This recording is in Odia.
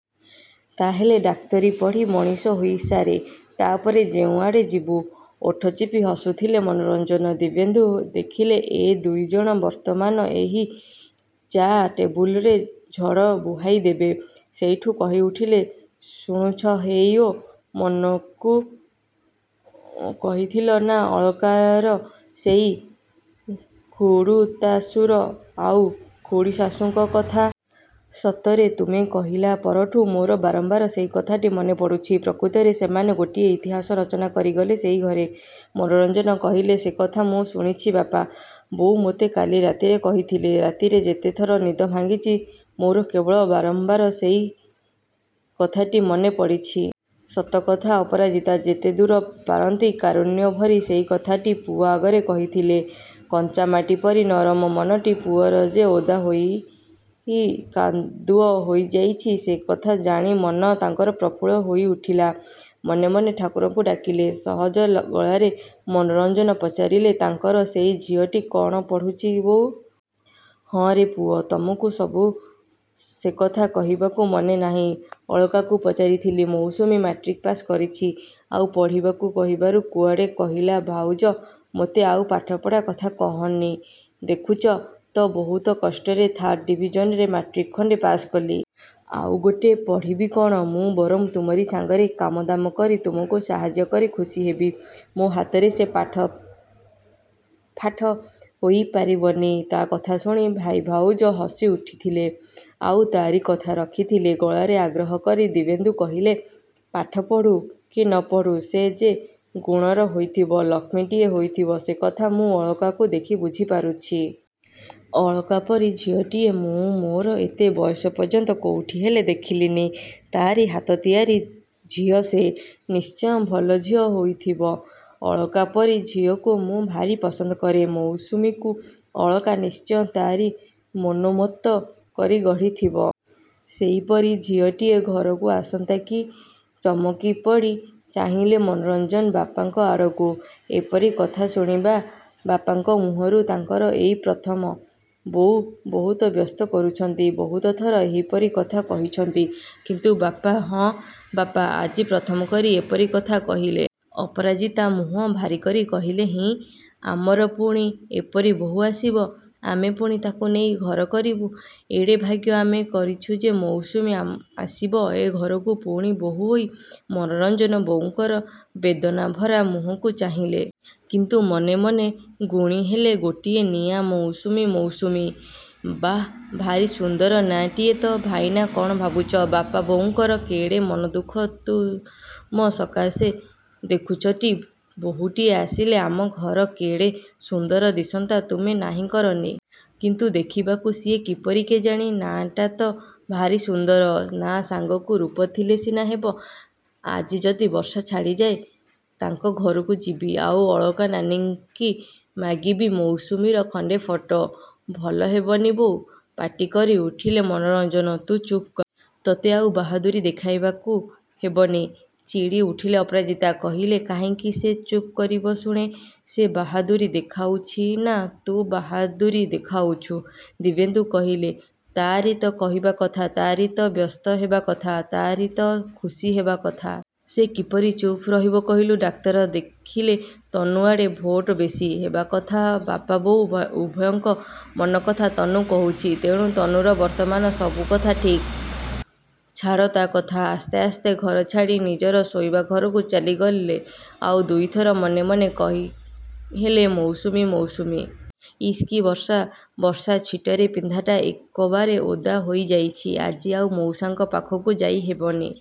ତାହାହେଲେ ଡାକ୍ତରୀ ପଢ଼ି ମଣିଷ ହୋଇସାରେ, ତା'ପରେ ଯେଉଁଆଡ଼େ ଯିବୁ। ଓଠ ଚିପି ହସୁଥିଲେ ମନୋରଞ୍ଜନ। ଦିବ୍ୟେନ୍ଦୁ ଦେଖିଲେ ଏ ଦୁଇଜଣ ବର୍ତ୍ତମାନ ଏହି ଚା ଟେବୁଲରେ ଝଡ଼ ବୁହାଇଦେବେ। ସେଇଠୁ କହିଉଠିଲେ ଶୁଣୁଛ ହେଇଓ, ମନୁକୁ କହିଥିଲ ନା ଅଳକାର ସେଇ ଖୁଡ଼ୁତାଶୁର ଆଉ ଖୁଡ଼ୀଶାଶୂଙ୍କ କଥା? ସତରେ ତୁମେ କହିଲା ପରଠୁ ମୋର ବାରମ୍ବାର ସେଇ କଥାଟି ମନେପଡ଼ୁଛି। ପ୍ରକୃତରେ ସେମାନେ ଗୋଟିଏ ଇତିହାସ ରଚନା କରିଗଲେ ସେଇ ଘରେ। ମନୋରଞ୍ଜନ କହିଲେ ସେକଥା ମୁଁ ଶୁଣିଛି ବାପା। ବୋଉ ମୋତେ କାଲି ରାତିରେ କହିଥିଲେ। ରାତିରେ ଯେତେଥର ନିଦ ଭାଙ୍ଗିଛି ମୋର କେବଳ ବାରମ୍ବାର ସେଇ କଥାଟି ମନେପଡ଼ିଛି। ସତ କଥା ଅପରାଜିତା ଯେତେଦୂର ପାରନ୍ତି କାରୁଣ୍ୟଭରି ସେଇ କଥାଟି ପୁଅ ଆଗରେ କହିଥିଲେ। କଞ୍ଚାମାଟି ପରି ନରମ ମନଟି ପୁଅର ଯେ ଓଦା ହୋଇ କାଦୁଅ ହୋଇଯାଇଛି, ସେକଥା ଜାଣି ମନ ତାଙ୍କର ପ୍ରଫୁଲ୍ଲ ହୋଇଉଠିଲା। ମନେ ମନେ ଠାକୁରଙ୍କୁ ଡାକିଲେ। ସହଜ ଗଳାରେ ମନୋରଞ୍ଜନ ପଚାରିଲେ ତାଙ୍କର ସେଇ ଝିଅଟି କ'ଣ ପଢ଼ୁଛି ବୋଉ? ହଁରେ ପୁଅ ତମକୁ ସବୁ ସେକଥା କହିବାକୁ ମନେନାହିଁ। ଅଳକାକୁ ପଚାରିଥିଲି। ମୌସୁମୀ ମାଟ୍ରିକ୍ ପାଶ୍ କରିଛି। ଆଉ ପଢ଼ିବାକୁ କହିବାରୁ କୁଆଡ଼େ କହିଲା ଭାଉଜ, ମୋତେ ଆଉ ପାଠପଢ଼ା କଥା କହନି। ଦେଖୁଛ ତ ବହୁତ କଷ୍ଟରେ ଥାର୍ଡ ଡିଭିଜନରେ ମାଟ୍ରିକ୍ ଖଣ୍ଡେ ପାଶ୍ କଲି। ଆଉ ଗୋଟେ ପଢ଼ିବି କ'ଣ? ମୁଁ ବରଂ ତୁମରି ସାଙ୍ଗରେ କାମଦାମ କରି ତୁମକୁ ସାହାଯ୍ୟ କରି ଖୁସିହେବି। ମୋ ହାତରେ ସେ ପାଠଫାଠ ହୋଇପାରିବନି। ତା'କଥା ଶୁଣି ଭାଇଭାଉଜ ହସିଉଠିଥିଲେ। ଆଉ ତାରି କଥା ରଖିଥିଲେ। ଗଳାରେ ଆଗ୍ରହ କରି ଦିବ୍ୟେନ୍ଦୁ କହିଲେ ପାଠ ପଢ଼ୁ, କି ନ ପଢ଼ୁ ସେ ଯେ ଗୁଣର ହୋଇଥିବ, ଲକ୍ଷ୍ମୀଟିଏ ହୋଇଥିବ, ସେକଥା ମୁଁ ଅଳକାକୁ ଦେଖି ବୁଝିପାରିଛି। ଅଳକାପରି ଝିଅଟିଏ ମୁଁ ମୋର ଏତେ ବୟସ ପର୍ଯ୍ୟନ୍ତ କେଉଁଠି ହେଲେ ଦେଖିଲିନି। ତା'ରି ହାତ ତିଆରି ଝିଅ ସେ। ନିଶ୍ଚୟ ଭଲ ଝିଅ ହୋଇଥିବ। ଅଳକା ପରି ଝିଅକୁ ମୁଁ ଭାରି ପସନ୍ଦ କରେ। ମୌସୁମୀକୁ ଅଳକା ନିଶ୍ଚୟ ତା'ରି ମନୋମତ କରି ଗଢ଼ିଥିବ। ସେଇପରି ଝିଅଟିଏ ଘରକୁ ଆସନ୍ତା କି। ଚମକିପଡ଼ି ଚାହିଁଲେ ମନୋରଞ୍ଜନ ବାପାଙ୍କ ଆଡ଼କୁ। ଏପରି କଥା ଶୁଣିବା ବାପାଙ୍କ ମୁହଁରୁ ତାଙ୍କର ଏଇ ପ୍ରଥମ। ବୋଉ ବହୁତ ବ୍ୟସ୍ତ କରୁଛନ୍ତି। ବହୁତଥର ଏହିପରି କଥା କହିଛନ୍ତି। କିନ୍ତୁ ବାପା! ହଁ, ବାପା ଆଜି ପ୍ରଥମକରି ଏପରି କଥା କହିଲେ। ଅପରାଜିତା ମୁହଁ ଭାରିକରି କହିଲେ ହିଁ, ଆମର ପୁଣି ଏପରି ବୋହୂ ଆସିବ! ଆମେ ପୁଣି ତାକୁ ନେଇ ଘର କରିବୁ! ଏଡ଼େ ଭାଗ୍ୟ ଆମେ କରିଛୁ ଯେ, ମୌସୁମୀ ଆସିବ ଏ ଘରକୁ ପୁଣି ବୋହୂ ହୋଇ! ମନୋରଞ୍ଜନ ବୋଉଙ୍କର ବେଦନାଭରା ମୁହଁକୁ ଚାହିଁଲେ। କିନ୍ତୁ ମନେ ମନେ ଗୁଣିହେଲେ ଗୋଟିଏ ନିଆଁ ମୌସୁମୀ, ମୌସୁମୀ। ବାଃ, ଭାରି ସୁନ୍ଦର ନାଁଟିଏ ତ। ଭାଇନା, କ'ଣ ଭାବୁଛ? ବାପା ବୋଉଙ୍କର କେଡ଼େ ମନଦୁଃଖ ତୁମ ସକାଶେ ଦେଖୁଛଟି? ବୋହୂଟିଏ ଆସିଲେ ଆମ ଘର କେଡ଼େ ସୁନ୍ଦର ଦିଶନ୍ତା, ତୁମେ ନାହିଁ କରନି। କିନ୍ତୁ ଦେଖିବାକୁ ସିଏ କିପରି କେଜାଣି। ନାଁଟା ତ ଭାରି ସୁନ୍ଦର। ନାଁ ସାଙ୍ଗକୁ ରୂପ ଥିଲେ ସିନା ହେବ। ଆଜି ଯଦି ବର୍ଷା ଛାଡ଼ିଯାଏ, ତାଙ୍କ ଘରକୁ ଯିବି ଆଉ ଅଳକା ନାନୀକି ମାଗିବି ମୌସୁମୀର ଖଣ୍ଡେ ଫଟୋ। ଭଲ ହେବନି ବୋଉ? ପାଟିକରି ଉଠିଲେ ମନୋରଞ୍ଜନ ତୁ ଚୁପ୍ କର। ତତେ ଆଉ ବାହାଦୁରି ଦେଖାଇବାକୁ ହେବନି। ଚିଡ଼ିଉଠିଲେ ଅପରାଜିତା। କହିଲେ କାହିଁକି ସେ ଚୁପ୍ କରିବ ଶୁଣେ? ସେ ବାହାଦୁରି ଦେଖାଉଛି ନା ତୁ ବାହାଦୁରି ଦେଖାଉଛୁ। ଦିବ୍ୟେନ୍ଦୁ କହିଲେ–ତାରି ତ କହିବା କଥା, ତା'ରି ତ ବ୍ୟସ୍ତ ହେବା କଥା, ତା'ରି ତ ଖୁସି ହେବା କଥା। ସେ କିପରି ଚୁପ୍ ରହିବ କହିଲୁ? ଡାକ୍ତର ଦେଖିଲେ ତନୁଆଡ଼େ ଭୋଟ ବେଶି। ହେବାକଥା ବାପାବୋଉ ଉଭୟଙ୍କ ମନକଥା ତନୁ କହୁଛି। ତେଣୁ ତନୁର ବର୍ତ୍ତମାନ ସବୁକଥା ଠିକ୍। ଛାଡ଼ ତା' କଥା। ଆସ୍ତେ ଆସ୍ତେ ଘର ଛାଡ଼ି ନିଜର ଶୋଇବା ଘରକୁ ଚାଲିଗଲେ ଆଉ ଦୁଇଥର ମନେ ମନେ କହିହେଲେ ମୌସୁମୀ, ମୌସୁମୀ। ଇସ୍ କି ବର୍ଷା! ବର୍ଷାଛିଟରେ ପିନ୍ଧାଟା ଏକବାରେ ଓଦା ହୋଇଯାଇଛି। ଆଜି ଆଉ ମଉସାଙ୍କ ପାଖକୁ ଯାଇହେବନି।